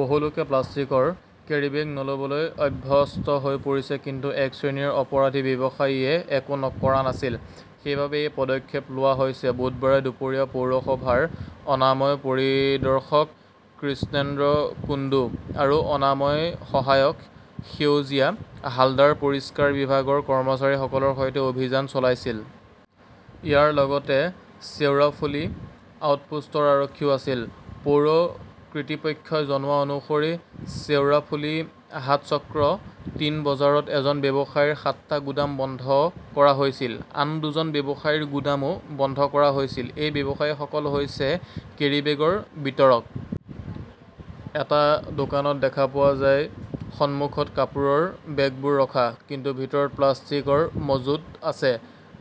বহু লোকে প্লাষ্টিকৰ কেৰীবেগ নলবলৈ অভ্যস্ত হৈ পৰিছে। কিন্তু এক শ্ৰেণীৰ অপৰাধী ব্যৱসায়ীয়ে একো কৰা নাছিল। সেইবাবেই এই পদক্ষেপ লোৱা হৈছে। বুধবাৰে দুপৰীয়া পৌৰসভাৰ অনাময় পৰিদৰ্শক কৃষ্ণেন্দ্ৰ কুণ্ডু আৰু অনাময় সহায়ক সেউজীয়া হালদাৰ পৰিষ্কাৰ বিভাগৰ কৰ্মচাৰীসকলৰ সৈতে অভিযান চলাইছিল। ইয়াৰ লগত শ্বেওৰাফুলি আউটপোষ্টৰ আৰক্ষীও আছিল। পৌৰ কিৰ্তৃপক্ষই জনোৱা অনুসৰি শ্বেওৰাফুলি হাট চক্ৰৰ টিন বজাৰত এজন ব্যৱসায়ীৰ সাতটা গুদাম বন্ধকৰা হৈছিল। আন দুজন ব্যৱসায়ীৰ গুদামো বন্ধ কৰা হৈছিল। এই ব্যৱসায়ীসকল হৈছে কেৰিবেগৰ বিতৰক। এটা দোকানত দেখা পোৱা যায় সন্মুখত কাপোৰৰ বেগবোৰ ৰখা, কিন্তু ভিতৰত প্লাষ্টিকৰ মজুত আছে।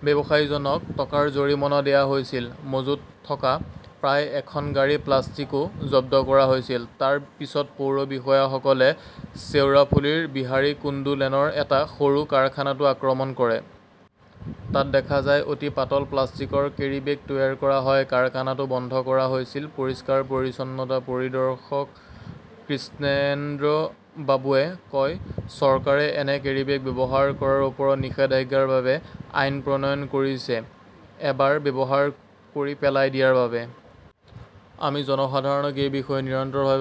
ব্যৱসায়ীজনক টকাৰ জৰিমনা দিয়া হৈছিল। মজুত থকা প্ৰায় এখন গাড়ী প্লাষ্টিকও জব্দ কৰা হৈছিল। তাৰ পিছত পৌৰ বিষয়াসকলে শ্বেওৰাফুলীৰ বিহাৰী কুণ্ডু লেনৰ এটা সৰু কাৰখানাতো আক্ৰমণ কৰে। তাত দেখা যায় অতি পাতল প্লাষ্টিকৰ কেৰিবেগ তৈয়াৰ কৰা হয়। কাৰখানাটো বন্ধ কৰা হৈছিল। পৰিষ্কাৰ-পৰিচ্ছন্নতা পৰিদৰ্শক কৃষ্ণেন্দ্ৰবাবুৱে কয়, চৰকাৰে এনে কেৰীবেগ ব্যৱহাৰ কৰাৰ ওপৰত নিষেধাজ্ঞাৰ বাবে আইন প্ৰণয়ন কৰিছে এবাৰ ব্যৱহাৰ কৰি পেলাই দিয়াৰ বাবে। আমি জনসাধাৰণক এই বিষয়ে নিৰন্তৰভাৱে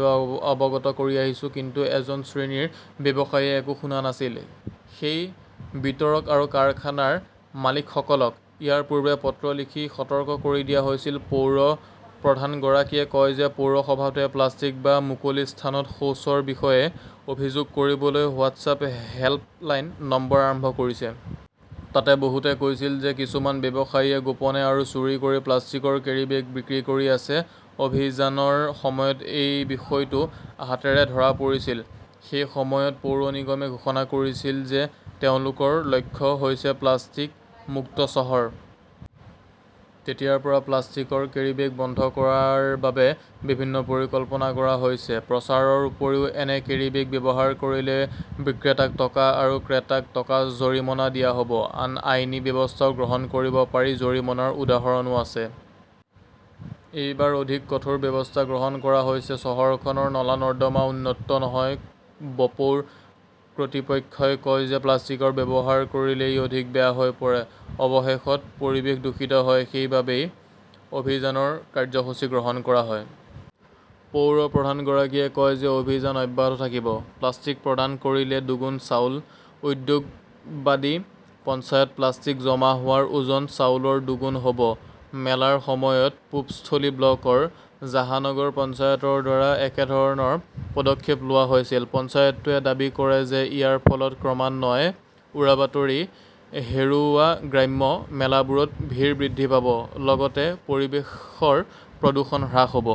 অৱগত কৰি আহিছোঁ। কিন্তু এজন শ্ৰেণীৰ ব্যৱসায়ীয়ে একো শুনা নাছিল। সেই বিতৰক আৰু কাৰখানাৰ মালিকসকলক ইয়াৰ পূৰ্বে পত্ৰ লিখি সতৰ্ক কৰি দিয়া হৈছিল। পৌৰ প্ৰধানগৰাকীয়ে কয় যে পৌৰসভাটোৱে প্লাষ্টিক বা মুকলি স্থানত শৌচৰ বিষয়ে অভিযোগ কৰিবলৈ হোৱাটছআপ হেল্প লাইন নম্বৰ আৰম্ভ কৰিছে। তাত বহুতে কৈছিল যে কিছুমান ব্যৱসায়ীয়ে গোপনে আৰু চুৰি কৰি প্লাষ্টিকৰ কেৰীবেগ বিক্ৰী কৰি আছে। অভিযানৰ সময়ত এই বিষয়টো হাতেৰে ধৰা পৰিছিল। সেই সময়ত পৌৰ নিগমে ঘোষণা কৰিছিল যে তেওঁলোকৰ লক্ষ্য হৈছে প্লাষ্টিক-মুক্ত চহৰ। তেতিয়াৰ পৰা প্লাষ্টিকৰ কেৰিবেগ বন্ধ কৰাৰ বাবে বিভিন্ন পৰিকল্পনা কৰা হৈছে। প্ৰচাৰৰ উপৰিও এনে কেৰীবেগ ব্যৱহাৰ কৰিলে বিক্ৰেতাক টকা আৰু ক্ৰেতাক টকা জৰিমনা দিয়া হ 'ব। আন আইনী ব্যৱস্থাও গ্ৰহণ কৰিব পাৰি। জৰিমনাৰ উদাহৰণো আছে। এইবাৰ অধিক কঠোৰ ব্যৱস্থা গ্ৰহণ কৰা হৈছে। চহৰখনৰ নলা-নৰ্দমা উন্নত নহয় বপৌৰ কৰ্তৃপক্ষই কয় যে প্লাষ্টিক ব্যৱহাৰ কৰিলে ই অধিক বেয়া হৈ পৰে। অৱশেষত, পৰিৱেশ দূষিত হয়। সেইবাবেই অভিযানৰ কাৰ্যসূচী গ্ৰহণ কৰা হয়। পৌৰ প্ৰধানগৰাকীয়ে কয় যে অভিযান অব্যাহত থাকিব। প্লাষ্টিক প্ৰদান কৰিলে দুগুণ চাউল, উদ্যোগবাদী পঞ্চায়ত প্লাষ্টিক জমা হোৱাৰ ওজন চাউলৰ দুগুণ হ'ব। মেলাৰ সময়ত পূবস্থলী ব্লকৰ জাহানগৰ পঞ্চায়তৰ দ্বাৰা একেধৰণৰ পদক্ষেপ লোৱা হৈছিল। পঞ্চায়তটোৱে দাবী কৰে যে ইয়াৰ ফলত ক্ৰমান্বয়ে উৰাবাতৰি হেৰুওৱা গ্ৰাম্য মেলাবোৰত ভিৰ বৃদ্ধি পাব, লগতে পৰিৱেশৰ প্ৰদূষণ হ্ৰাস হ 'ব।